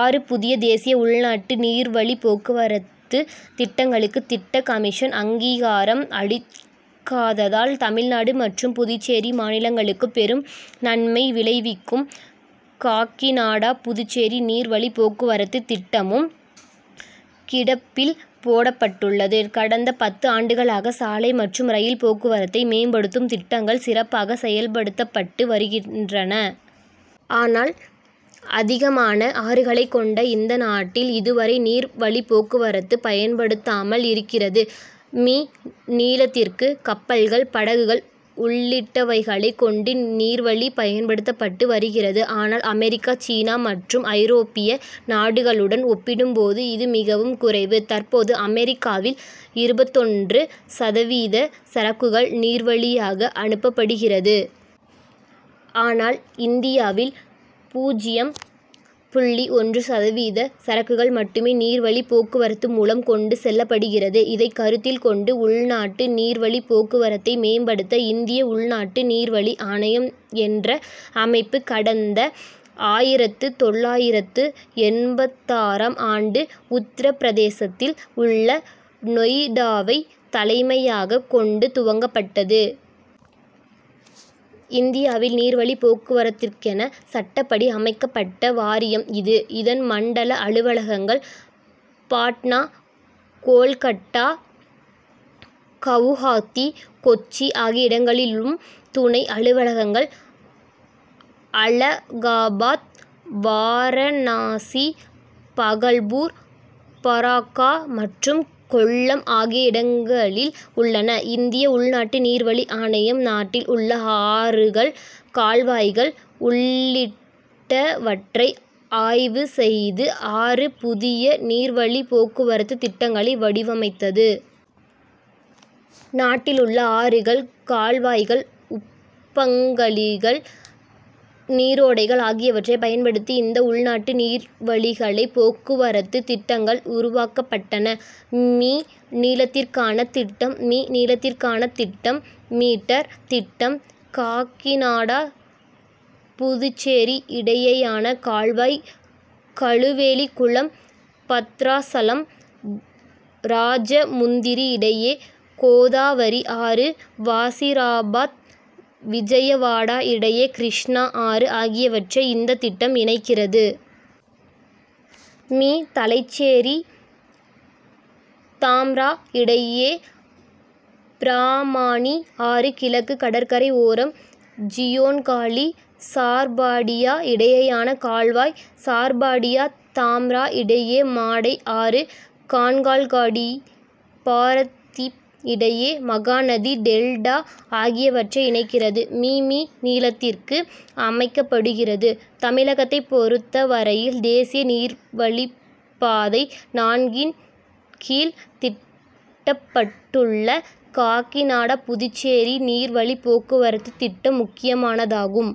ஆறு புதிய தேசிய உள்நாட்டு நீர்வழிப்போக்குவரத்து திட்டங்களுக்கு திட்டக் கமிஷன் அங்கீகாரம் அளிக்காததால் தமிழ்நாடு மற்றும் புதுச்சேரி மாநிலங்களுக்கு பெரும் நன்மை விளைவிக்கும் காக்கிநாடா புதுச்சேரி நீர் வழிப் போக்குவரத்து திட்டமும் கிடப்பில் போடப்பட்டுள்ளது. கடந்த பத்து ஆண்டுகளாக சாலை மற்றும் ரயில் போக்குவரத்தை மேம்படுத்தும் திட்டங்கள் சிறப்பாக செயல்படுத்தப்பட்டு வருகின்றன. ஆனால் அதிகமான ஆறுகளை கொண்ட இந்த நாட்டில் இதுவரை நீர் வழிப்போக்குவரத்து பயன்படுத்தாமல் இருக்கிறது. மீ. நீளத்திற்கு கப்பல்கள் படகுகள் உள்ளிட்டவைகளை கொண்டு நீர்வழி பயன்படுத்தப்பட்டு வருகிறது. ஆனால் அமெரிக்கா சீனா மற்றும் ஐரோப்பிய நாடுகளுடன் ஒப்பிடும்போது இது மிகவும் குறைவு. தற்போது அமெரிக்காவில் இருபத்தொன்று சதவீத சரக்குகள் நீர்வழியாக அனுப்பப்படுகிறது. ஆனால் இந்தியாவில் பூஜ்யம் புள்ளி ஒன்று சதவீத சரக்குகள் மட்டுமே நீர் வழிப் போக்குவரத்து மூலம் கொண்டு செல்லப்படுகிறது. இதை கருத்தில் கொண்டு உள்நாட்டு நீர் வழிப் போக்குவரத்தை மேம்படுத்த இந்திய உள்நாட்டு நீர்வழி ஆணையம் என்ற அமைப்பு கடந்த ஆயிரத்து தொள்ளாயிரத்து எண்பத்தாறாம் ஆண்டு உத்தரபிரதேசத்தில் உள்ள நொய்டாவை தலைமையகமாக கொண்டு துவக்கப்பட்டது. இந்தியாவில் நீர்வழி போக்குவரத்திற்கென சட்டப்படி அமைக்கப்பட்ட வாரியம் இது. இதன் மண்டல அலுவலகங்கள் பாட்னா கோல்கட்டா கவுஹாத்தி கொச்சி ஆகிய இடங்களிலும் துணை அலுவலகங்கள் அலகாபாத் வாரணாசி பகல்பூர் பராக்கா மற்றும் கொல்லம் ஆகிய இடங்களில் உள்ளன. இந்திய உள்நாட்டு நீர் வழி ஆணையம் நாட்டில் உள்ள ஆறுகள் கால்வாய்கள் உள்ளிட்டவற்றை ஆய்வு செய்து ஆறு புதிய நீர் வழி போக்குவரத்து திட்டங்களை வடிவமைத்தது. நாட்டில் உள்ள ஆறுகள் கால்வாய்கள் உப்பங்கழிகள் நீரோடைகள் ஆகியவற்றை பயன்படுத்தி இந்த உள்நாட்டு நீர்வழிகளை போக்குவரத்து திட்டங்கள் உருவாக்கப்பட்டன. மீ. நீளத்திற்கான திட்டம். மீ. நீளத்திற்கான திட்டம். மீட்டர் திட்டம். காகிநாடா புதுச்சேரி இடையேயான கால்வாய் கழுவேலி குளம் பத்ராசலம் ராஜமுந்திரி இடையே கோதாவரி ஆறு வாசிராபாத் விஜயவாடா இடையே கிருஷ்ணா ஆறு ஆகியவற்றை இந்த திட்டம் இணைக்கிறது. மீ. தலைச்சேரி தாம்ரா இடையே பிராமானி ஆறு கிழக்கு கடற்கரை ஓரம் ஜியோன்காலி சார்பாடியா இடையேயான கால்வாய் சார்பாடியா தாம்ரா இடையே மாடை ஆறு மான்கால்காடி பாரதீப் இடையே மகாநதி டெல்டா ஆகியவற்றை இணைக்கிறது. மீ. மீ. நீளத்திற்கு அமைக்கப்படுகிறது. தமிழகத்தை பொறுத்த வரையில் தேசிய நீர்வழிப்பாதை நான்கின் கீழ் தீட்டப்பட்டுள்ள காகிநாடா புதுச்சேரி நீர் வழிப் போக்குவரத்து திட்டம் முக்கியமானதாகும்.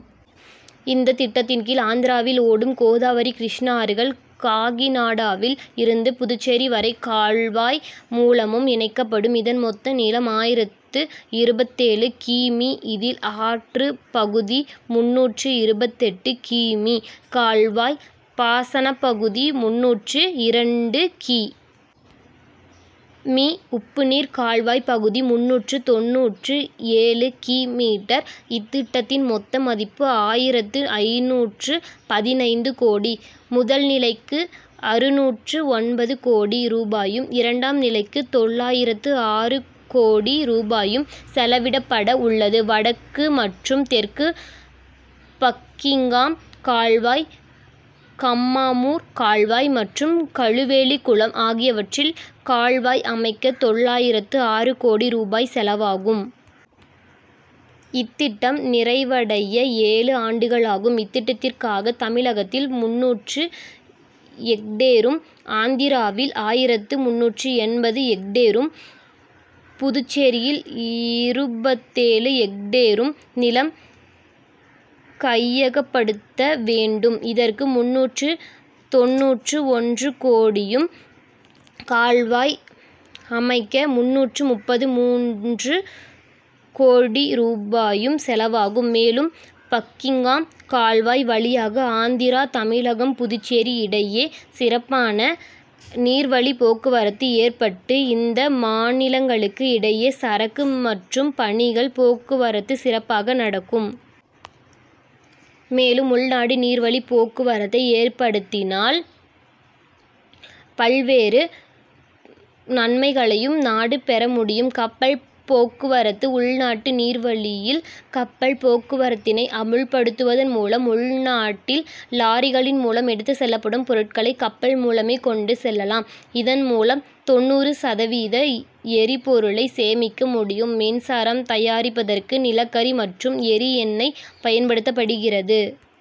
இந்த திட்டத்தின் கீழ் ஆந்திராவில் ஓடும் கோதாவரி கிருஷ்ணா ஆறுகள் காகிநாடாவில் இருந்து புதுச்சேரி வரை கால்வாய் மூலமும் இணைக்கப்படும். இதன் மொத்த நீளம் ஆயிரத்து இருபத்தேழு கி. மீ. இதில் ஆற்று பகுதி முந்நூற்று இருபத்தெட்டு கி. மீ. கால்வாய் பாசனப்பகுதி முந்நூற்று இரண்டு கி. மீ. உப்புநீர் கால்வாய் பகுதி முந்நூற்று தொண்ணூற்று ஏழு கி. மீட்டர். இத்திட்டத்தின் மொத்த மதிப்பு ஆயிரத்து ஐந்நூற்று பதினைந்து கோடி. முதல்நிலைக்கு அறுநூற்று ஒன்பது கோடி ரூபாயும் இரண்டாம் நிலைக்கு தொள்ளாயிரத்து ஆறு கோடி ரூபாயும் செலவிடப்பட உள்ளது. வடக்கு மற்றும் தெற்கு பக்கிங்காம் கால்வாய் கம்மாமூர் கால்வாய் மற்றும் கழுவேலி குளம் ஆகியவற்றில் கால்வாய் அமைக்க தொள்ளாயிரத்து ஆறு கோடி ரூபாய் செலவாகும். இத்திட்டம் நிறைவடைய ஏழு ஆண்டுகளாகும். இத்திட்டத்திற்காக தமிழகத்தில் முந்நூறு எக்டேரும் ஆந்திராவில் ஆயிரத்து முந்நூற்று எண்பது எக்டேரும் புதுச்சேரியில் இருபத்தேழு எக்டேரும் நிலம் கையகப்படுத்த வேண்டும். இதற்கு முந்நூற்று தொண்ணூற்று ஒன்று கோடியும் கால்வாய் அமைக்க முந்நூற்று முப்பத்து மூன்று கோடி ரூபாயும் செலவாகும். மேலும் பக்கிங்காம் கால்வாய் வழியாக ஆந்திரா தமிழகம் புதுச்சேரி இடையே சிறப்பான நீர் வழி போக்குவரத்து ஏற்பட்டு இந்த மாநிலங்களுக்கு இடையே சரக்கு மற்றும் பயணிகள் போக்குவரத்து சிறப்பாக நடக்கும். மேலும் உள்நாட்டு நீர் வழிப் போக்குவரத்தை ஏற்படுத்தினால் பல்வேறு நன்மைகளையும் நாடு பெற முடியும். கப்பல் போக்குவரத்து உள்நாட்டு நீர் வழியில் கப்பல் போக்குவரத்தினை அமல்படுத்துவதன் மூலம் உள்நாட்டில் லாரிகளின் மூலம் எடுத்து செல்லப்படும் பொருட்களை கப்பல் மூலமே கொண்டு செல்லலாம். இதன் மூலம் தொண்ணூறு சதவீத எரிபொருளை சேமிக்க முடியும். மின்சாரம் தயாரிப்பதற்கு நிலக்கரி மற்றும் எரி எண்ணெய் பயன்படுத்தப்படுகிறது.